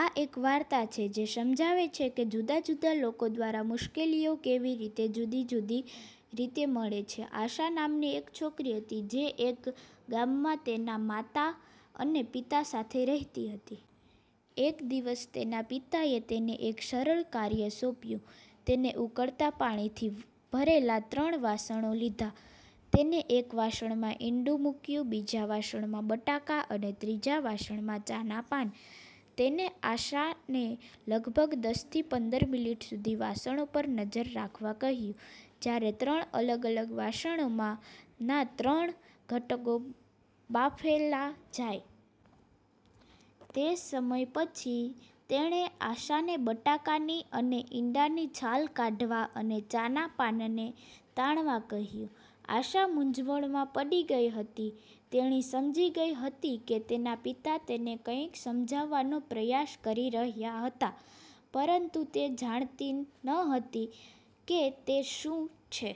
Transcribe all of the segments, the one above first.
આ એક વાર્તા છે જે સમજાવે છે કે જુદા જુદા લોકો દ્વારા મુશ્કેલીઓ કેવી રીતે જુદી જુદી રીતે મળે છે. આશા નામની એક છોકરી હતી જે એક ગામમાં તેના માતા અને પિતા સાથે રહેતી હતી. એક દિવસ, તેના પિતાએ તેને એક સરળ કાર્ય સોંપ્યું. તેને ઉકળતા પાણી થી ભરેલા ત્રણ વાસણો લીધા. તેને એક વાસણમાં ઈંડુ મૂક્યું, બીજા વાસણમાં બટાકા અને ત્રીજા વાસણમાં ચાના પાન. તેને આશને લગભગ દસથી પંદર મિનિટ સુધી વાસણો પર નજર રાખવા કહ્યું, જ્યારે ત્રણ અલગ અલગ વાસણો માં ના ત્રણ ઘટકો બાફેલા જાય. તે સમય પછી, તેણે આશાને બટાકાની અને ઇંડાની છાલ કાઢવા, અને ચાના પાનને તાણવા કહ્યું. આશા મૂંઝવણમાં પડી ગઈ હતી તેણી સમજી ગઈ હતી કે તેના પિતા તેને કંઈક સમજાવવાનો પ્રયાસ કરી રહ્યા હતા, પરંતુ તે જાણતી નહોતી કે તે શું છે.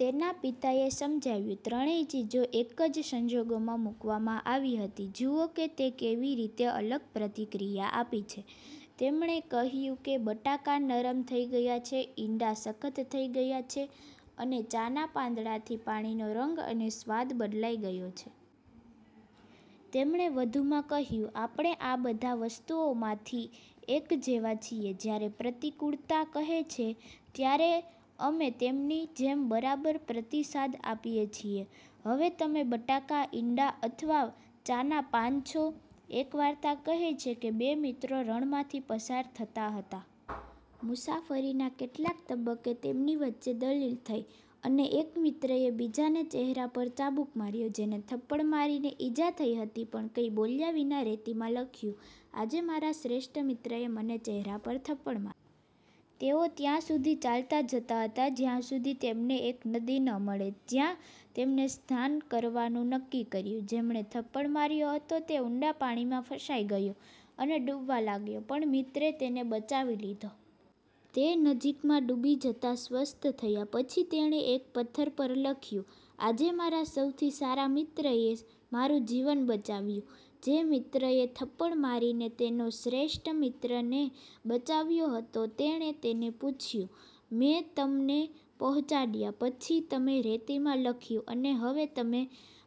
તેના પિતાએ સમજાવ્યું, "ત્રણેય ચીજો એક જ સંજોગોમાં મૂકવામાં આવી હતી. જુઓ કે તે કેવી રીતે અલગ પ્રતિક્રિયા આપી છે. " તેમણે કહ્યું કે બટાકા નરમ થઈ ગયા છે, ઇંડા સખત થઈ ગયા છે, અને ચાના પાંદડાથી પાણીનો રંગ અને સ્વાદ બદલાઈ ગયો છે. તેમણે વધુમાં કહ્યું, "આપણે બધા આ વસ્તુઓમાંથી એક જેવા છીએ. જ્યારે પ્રતિકૂળતા કહે છે, ત્યારે અમે તેમની જેમ બરાબર પ્રતિસાદ આપીએ છીએ. હવે, તમે બટાકા, ઇંડા અથવા ચાના પાન છો? " એક વાર્તા કહે છે કે બે મિત્રો રણમાંથી પસાર થતા હતા. મુસાફરીના કેટલાક તબક્કે તેમની વચ્ચે દલીલ થઈ, અને એક મિત્રએ બીજા ને ચહેરા પર ચાબુક માર્યો. જેને થપ્પડ મારીને ઈજા થઈ હતી, પણ કંઈ બોલ્યા વિના રેતીમાં લખ્યું; "આજે મારા શ્રેષ્ઠ મિત્રએ મને ચહેરા પર થપ્પડ મારી. " તેઓ ત્યાં સુધી ચાલતા જતા હતા જ્યાં સુધી તેમને એક નદી ન મળે, જ્યાં તેમને સ્નાન કરવાનું નક્કી કર્યું. જેણે થપ્પડ માર્યો હતો તેમાં ઊંડા પાણી માં ફસાઈ ગયો અને ડૂબવા લાગ્યો, પણ મિત્રે તેને બચાવી લીધો. તે નજીકમાં ડૂબી જતા સ્વસ્થ થયા પછી, તેણે એક પથ્થર પર લખ્યું; "આજે મારા સૌથી સારા મિત્રએ મારું જીવન બચાવ્યું. " જે મિત્રએ થપ્પડ મારીને તેનો શ્રેષ્ઠ મિત્રને બચાવ્યો હતો તેણે તેને પૂછ્યું; "મેં તમને પહોંચાડ્યા પછી તમે રેતીમાં લખ્યું અને હવે, તમે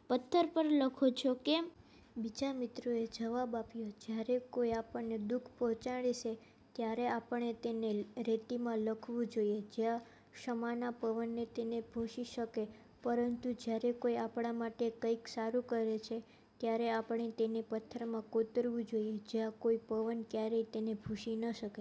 પથ્થર પર લખો છો, કેમ? " બીજા મિત્રએ જવાબ આપ્યો; "જ્યારે કોઈ આપણને દુખ પહોંચાડે છે ત્યારે આપણે તેને રેતીમાં લખવું જોઈએ જ્યાં ક્ષમાના પવન તેને ભૂંસી શકે. પરંતુ, જ્યારે કોઈ આપણા માટે કંઈક સારું કરે છે, ત્યારે આપણે તેને પથ્થરમાં કોતરવું જોઈએ જ્યાં કોઈ પવન ક્યારેય તેને ભૂંસી ન શકે. "।